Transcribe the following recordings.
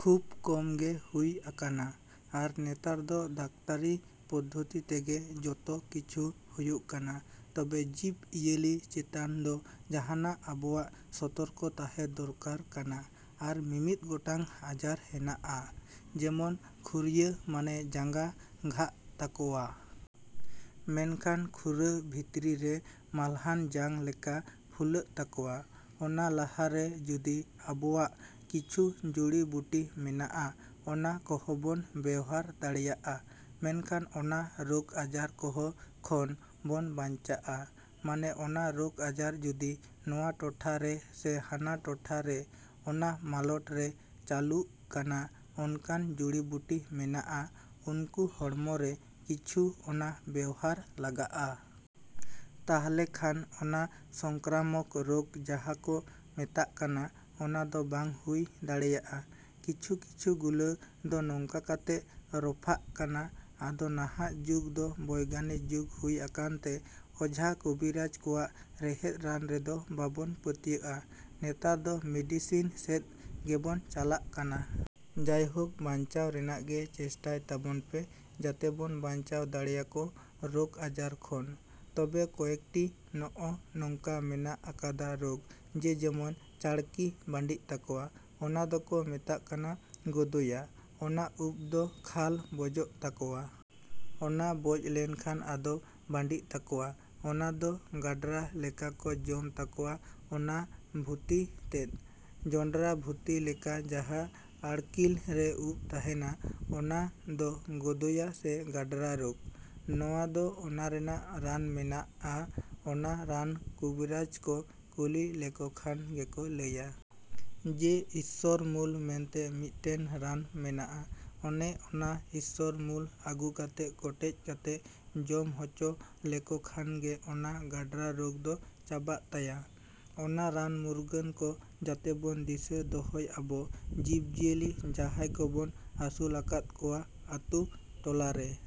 ᱠᱷᱩᱵ ᱠᱚᱢ ᱜᱮ ᱦᱩᱭ ᱟᱠᱟᱱᱟ᱾ ᱟᱨ ᱱᱮᱛᱟᱨ ᱫᱚ ᱰᱟᱠᱛᱟᱨᱤ ᱯᱚᱫᱽᱫᱷᱚᱛᱤ ᱛᱮᱜᱮ ᱡᱚᱛᱚ ᱠᱤᱪᱷᱩ ᱦᱩᱭᱩᱜ ᱠᱟᱱᱟ ᱛᱚᱵᱮ ᱡᱤᱵᱽᱼᱤᱭᱟᱹᱞᱤ ᱪᱮᱛᱟᱱ ᱫᱚ ᱡᱟᱦᱟᱱᱟᱜ ᱟᱵᱚᱣᱟᱜ ᱥᱚᱛᱚᱨᱠᱚ ᱛᱟᱦᱮᱸ ᱫᱚᱨᱠᱟᱨ ᱠᱟᱱᱟ, ᱟᱨ ᱢᱤᱢᱤᱫ ᱜᱚᱴᱟᱝ ᱟᱡᱟᱨ ᱦᱮᱱᱟᱜᱼᱟ᱾ ᱡᱮᱢᱚᱱ ᱠᱷᱩᱨᱟᱹᱭᱟ ᱢᱟᱱᱮ ᱡᱟᱸᱜᱟ ᱜᱷᱟᱜ ᱛᱟᱠᱚᱣᱟ᱾ ᱢᱮᱱᱠᱷᱟᱱ ᱠᱷᱩᱨᱟᱹ ᱵᱷᱤᱛᱨᱤ ᱨᱮ ᱢᱟᱞᱦᱟᱱ ᱡᱟᱝ ᱞᱮᱠᱟ ᱯᱷᱩᱞᱟᱹᱜ ᱛᱟᱠᱚᱣᱟ᱾ ᱚᱱᱟ ᱞᱟᱦᱟ ᱨᱮ ᱡᱩᱫᱤ ᱟᱵᱚᱣᱟᱜ ᱠᱤᱪᱷᱩ ᱡᱩᱲᱤ ᱵᱩᱴᱤ ᱢᱮᱱᱟᱜᱼᱟ ᱚᱱᱟ ᱠᱚᱵᱚᱱ ᱵᱮᱣᱦᱟᱨ ᱫᱟᱲᱮᱭᱟᱜᱼᱟ ᱢᱮᱱᱠᱷᱟᱱ ᱚᱱᱟ ᱨᱳᱜᱽ ᱟᱡᱟᱨ ᱠᱚᱦᱚᱸ ᱠᱷᱚᱱ ᱵᱚᱱ ᱵᱟᱧᱪᱟᱜᱼᱟ᱾ ᱢᱟᱱᱮ ᱚᱱᱟ ᱨᱳᱜᱽ ᱟᱡᱟᱨ ᱡᱩᱫᱤ ᱱᱚᱣᱟ ᱴᱚᱴᱟ ᱨᱮ ᱥᱮ ᱦᱟᱱᱟ ᱴᱚᱴᱟ ᱨᱮ ᱚᱱᱟ ᱢᱟᱞᱚᱴ ᱨᱮ ᱪᱟᱹᱞᱩᱜ ᱠᱟᱱᱟ ᱚᱱᱠᱟᱱ ᱡᱩᱲᱤᱵᱩᱴᱤ ᱢᱮᱱᱟᱜᱼᱟ ᱩᱱᱠᱩ ᱦᱚᱲᱢᱚ ᱨᱮ ᱠᱤᱪᱷᱩ ᱚᱱᱟ ᱵᱮᱣᱦᱟᱨ ᱞᱟᱜᱟᱜᱼᱟ᱾ ᱛᱟᱦᱚᱞᱮ ᱠᱷᱟᱱ ᱚᱱᱟ ᱥᱚᱝᱠᱨᱟᱢᱚᱠ ᱨᱳᱜᱽ ᱡᱟᱦᱟᱸ ᱠᱚ ᱢᱮᱛᱟᱜ ᱠᱟᱱᱟ, ᱚᱱᱟ ᱫᱚ ᱵᱟᱝ ᱦᱩᱭ ᱫᱟᱲᱮᱭᱟᱜᱼᱟ᱾ ᱠᱤᱪᱷᱩ ᱠᱤᱪᱷᱩ ᱜᱩᱞᱟ ᱫᱚ ᱱᱚᱝᱠᱟ ᱠᱟᱛᱮ ᱨᱚᱯᱷᱟᱜ ᱠᱟᱱᱟ᱾ ᱟᱫᱚ ᱱᱟᱦᱟᱜ ᱡᱩᱜᱽ ᱫᱚ ᱵᱳᱭᱜᱟᱱᱤᱠ ᱡᱩᱜᱽ ᱦᱩᱭᱟᱠᱟᱱᱛᱮ ᱚᱡᱷᱟ ᱠᱚᱵᱤᱨᱟᱡ ᱠᱚᱣᱟᱜ ᱨᱮᱦᱮᱫ ᱨᱟᱱ ᱨᱮᱫᱚ ᱵᱟᱵᱚᱱ ᱯᱟᱹᱛᱭᱟᱹᱜᱼᱟ, ᱱᱮᱛᱟᱨ ᱫᱚ ᱢᱤᱰᱤᱥᱤᱱ ᱥᱮᱫ ᱜᱮᱵᱚᱱ ᱪᱟᱞᱟᱜ ᱠᱟᱱᱟ᱾ ᱡᱟᱭᱦᱳᱠ ᱵᱟᱧᱪᱟᱣ ᱨᱮᱱᱟᱜ ᱜᱮ ᱪᱮᱥᱴᱟᱭ ᱛᱟᱵᱚᱱ ᱯᱮ, ᱡᱟᱛᱮ ᱵᱚᱱ ᱵᱟᱧᱪᱟᱣ ᱫᱟᱲᱮᱭᱟᱠᱚ ᱨᱳᱜᱽ ᱟᱡᱟᱨ ᱠᱷᱚᱱ᱾ ᱛᱚᱵᱮ ᱠᱚᱭᱮᱠᱴᱤ ᱱᱚᱜᱼᱚ ᱱᱚᱝᱠᱟ ᱢᱮᱱᱟᱜ ᱟᱠᱟᱫᱟ ᱨᱳᱜᱽ᱾ ᱡᱮ ᱡᱮᱢᱚᱱ ᱪᱟᱺᱲᱠᱤ ᱵᱟᱺᱰᱤᱜ ᱛᱟᱠᱚᱣᱟ᱾ ᱚᱱᱟ ᱫᱚᱠᱚ ᱢᱮᱛᱟᱜ ᱠᱟᱱᱟ ᱜᱳᱫᱷᱳᱭᱟ᱾ ᱚᱱᱟ ᱩᱯ ᱫᱚ ᱠᱷᱟᱞ ᱵᱚᱡᱚᱜ ᱛᱟᱠᱚᱣᱟ᱾ ᱚᱱᱟ ᱵᱚᱡ ᱞᱮᱱ ᱠᱷᱟᱱ ᱟᱫᱚ ᱵᱟᱺᱰᱤᱜ ᱛᱟᱠᱚᱣᱟ᱾ ᱚᱱᱟ ᱫᱚ ᱜᱟᱸᱰᱨᱟ ᱞᱮᱠᱟ ᱠᱚ ᱡᱚᱢ ᱛᱟᱠᱚᱣᱟ ᱚᱱᱟ ᱵᱷᱩᱛᱤ ᱛᱮᱫ᱾ ᱡᱚᱸᱰᱨᱟ ᱵᱷᱩᱛᱤ ᱞᱮᱠᱟ ᱡᱟᱦᱟᱸ ᱪᱟᱺᱲᱠᱤᱞ ᱨᱮ ᱩᱯ ᱛᱟᱦᱮᱱᱟ, ᱚᱱᱟ ᱫᱚ ᱜᱳᱫᱷᱳᱭᱟ ᱥᱮ ᱜᱟᱸᱰᱨᱟ ᱨᱳᱜᱽ᱾ ᱱᱚᱣᱟ ᱫᱚ ᱚᱱᱟ ᱨᱮᱱᱟᱜ ᱨᱟᱱ ᱢᱮᱱᱟᱜᱼᱟ, ᱚᱱᱟ ᱨᱟᱱ ᱠᱩᱵᱨᱟᱹᱡ ᱠᱚ ᱠᱩᱞᱤ ᱞᱮᱠᱚ ᱠᱷᱟᱱ ᱜᱮᱠᱚ ᱞᱟᱹᱭᱟ᱾ ᱡᱮ ᱤᱥᱥᱚᱨᱢᱩᱞ ᱢᱮᱱᱛᱮ ᱢᱤᱫᱴᱮᱱ ᱨᱟᱱ ᱢᱮᱱᱟᱜᱼᱟ ᱚᱱᱮ ᱚᱱᱟ ᱤᱥᱥᱚᱨ ᱢᱩᱞ ᱟᱹᱜᱩ ᱠᱟᱛᱮ ᱠᱚᱴᱮᱡ ᱠᱟᱛᱮ ᱡᱚᱢ ᱦᱚᱪᱚ ᱞᱮᱠᱚ ᱠᱷᱟᱱ ᱜᱮ ᱚᱱᱟ ᱜᱟᱸᱰᱨᱟ ᱨᱳᱜᱽ ᱫᱚ ᱪᱟᱵᱟᱜ ᱛᱟᱭᱟ᱾ ᱚᱱᱟ ᱨᱟᱱ ᱢᱩᱨᱜᱟᱹᱱ ᱠᱚ ᱡᱟᱛᱮ ᱵᱚᱱ ᱫᱤᱥᱟᱹ ᱫᱚᱦᱚᱭ ᱟᱵᱚ ᱡᱤᱵᱽᱼᱡᱤᱭᱟᱹᱞᱤ ᱡᱟᱦᱟᱸᱭ ᱠᱚᱵᱚᱱ ᱟᱹᱥᱩᱞᱟᱠᱟᱫ ᱠᱚᱣᱟ ᱟᱹᱛᱩ, ᱴᱚᱞᱟ ᱨᱮ᱾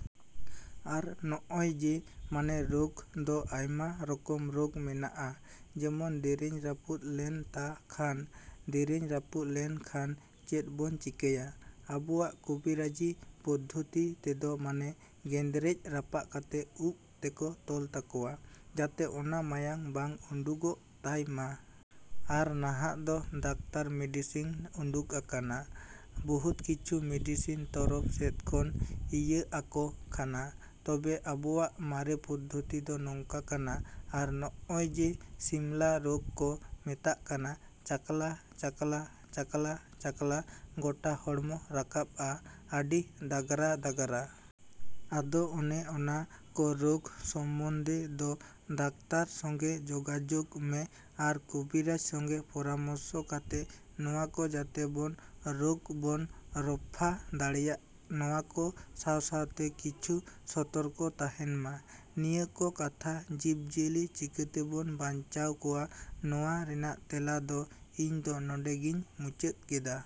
ᱟᱨ ᱱᱚᱜᱼᱚᱭ ᱡᱮ ᱢᱟᱱᱮ ᱨᱳᱜᱽ ᱫᱚ ᱟᱭᱢᱟ ᱨᱚᱠᱚᱢ ᱨᱳᱜᱽ ᱢᱮᱱᱟᱜᱼᱟ᱾ ᱡᱮᱢᱚᱱ ᱫᱮᱨᱮᱧ ᱨᱟᱹᱯᱩᱫ ᱞᱮᱱ ᱛᱟ ᱠᱷᱟᱱ, ᱫᱮᱨᱮᱧ ᱨᱟᱹᱯᱩᱫ ᱞᱮᱱ ᱠᱷᱟᱱ ᱪᱮᱫ ᱵᱚᱱ ᱪᱤᱠᱟᱹᱭᱟ? ᱟᱵᱚᱣᱟᱜ ᱠᱚᱵᱤᱨᱟᱹᱡᱤ ᱯᱚᱫᱽᱫᱷᱚᱛᱤ ᱛᱮᱫᱚ ᱢᱟᱱᱮ ᱜᱮᱸᱫᱽᱨᱮᱡ ᱨᱟᱯᱟᱜ ᱠᱟᱛᱮ ᱩᱯ ᱛᱮᱠᱚ ᱛᱚᱞ ᱛᱟᱠᱚᱣᱟ ᱡᱟᱛᱮ ᱚᱱᱟ ᱢᱟᱭᱟᱢ ᱵᱟᱝ ᱩᱰᱩᱠᱚᱜ ᱛᱟᱭ ᱢᱟ᱾ ᱟᱨ ᱱᱟᱦᱟᱜ ᱫᱚ ᱰᱟᱠᱛᱟᱨ ᱢᱤᱰᱤᱥᱤᱱ ᱩᱰᱩᱠ ᱟᱠᱟᱱᱟ, ᱵᱚᱦᱩᱛ ᱠᱤᱪᱷᱩ ᱢᱤᱰᱤᱥᱤᱱ ᱛᱚᱨᱚᱯ ᱥᱮᱫ ᱠᱷᱚᱱ ᱤᱭᱟᱹᱣᱟᱠᱚ ᱠᱟᱱᱟ᱾ ᱛᱚᱵᱮ ᱟᱵᱚᱣᱟᱜ ᱢᱟᱨᱮ ᱯᱚᱫᱽᱫᱷᱚᱛᱤ ᱫᱚ ᱱᱚᱝᱠᱟ ᱠᱟᱱᱟ᱾ ᱟᱨ ᱱᱚᱜᱼᱚᱭ ᱡᱮ ᱥᱤᱢᱞᱟ ᱨᱳᱜᱽ ᱠᱚ ᱢᱮᱛᱟᱜ ᱠᱟᱱᱟ, ᱪᱟᱠᱞᱟ, ᱪᱟᱠᱞᱟ, ᱪᱟᱠᱞᱟ, ᱪᱟᱠᱞᱟ ᱜᱚᱴᱟ ᱦᱚᱲᱢᱚ ᱨᱟᱠᱟᱵᱼᱟ ᱟᱹᱰᱤ ᱫᱟᱜᱽᱨᱟ ᱫᱟᱜᱽᱨᱟ᱾ ᱟᱫᱚ ᱚᱱᱮ ᱚᱱᱟ ᱠᱚ ᱨᱳᱜᱽ ᱥᱚᱢᱵᱚᱱᱫᱷᱮ ᱫᱚ ᱰᱟᱠᱛᱟᱨ ᱥᱚᱸᱜᱮ ᱡᱳᱜᱟᱡᱳᱜᱽ ᱢᱮ ᱟᱨ ᱠᱚᱵᱤᱨᱟᱹᱡ ᱥᱚᱸᱜᱮ ᱯᱚᱨᱟᱢᱚᱨᱥᱚ ᱠᱟᱛᱮ ᱱᱚᱣᱟ ᱠᱚ ᱡᱟᱛᱮ ᱵᱚᱱ ᱨᱳᱜᱽ ᱵᱚᱱ ᱨᱚᱯᱷᱟ ᱫᱟᱲᱮᱭᱟᱜ ᱱᱚᱣᱟ ᱠᱚ ᱥᱟᱶ ᱥᱟᱶᱛᱮ ᱠᱤᱪᱷᱩ ᱥᱚᱛᱚᱨᱠᱚ ᱛᱟᱦᱮᱱᱢᱟ, ᱱᱤᱭᱟᱹ ᱠᱚ ᱠᱟᱛᱷᱟ ᱡᱤᱵᱽᱼᱡᱤᱭᱟᱹᱞᱤ ᱪᱤᱠᱟᱹᱛᱮᱵᱚᱱ ᱵᱟᱧᱪᱟᱣ ᱠᱚᱣᱟ ᱱᱚᱣᱟ ᱨᱮᱱᱟᱜ ᱛᱮᱞᱟ ᱫᱚ ᱤᱧ ᱫᱚ ᱱᱚᱰᱮ ᱜᱤᱧ ᱢᱩᱪᱟᱹᱫ ᱠᱮᱫᱟ᱾।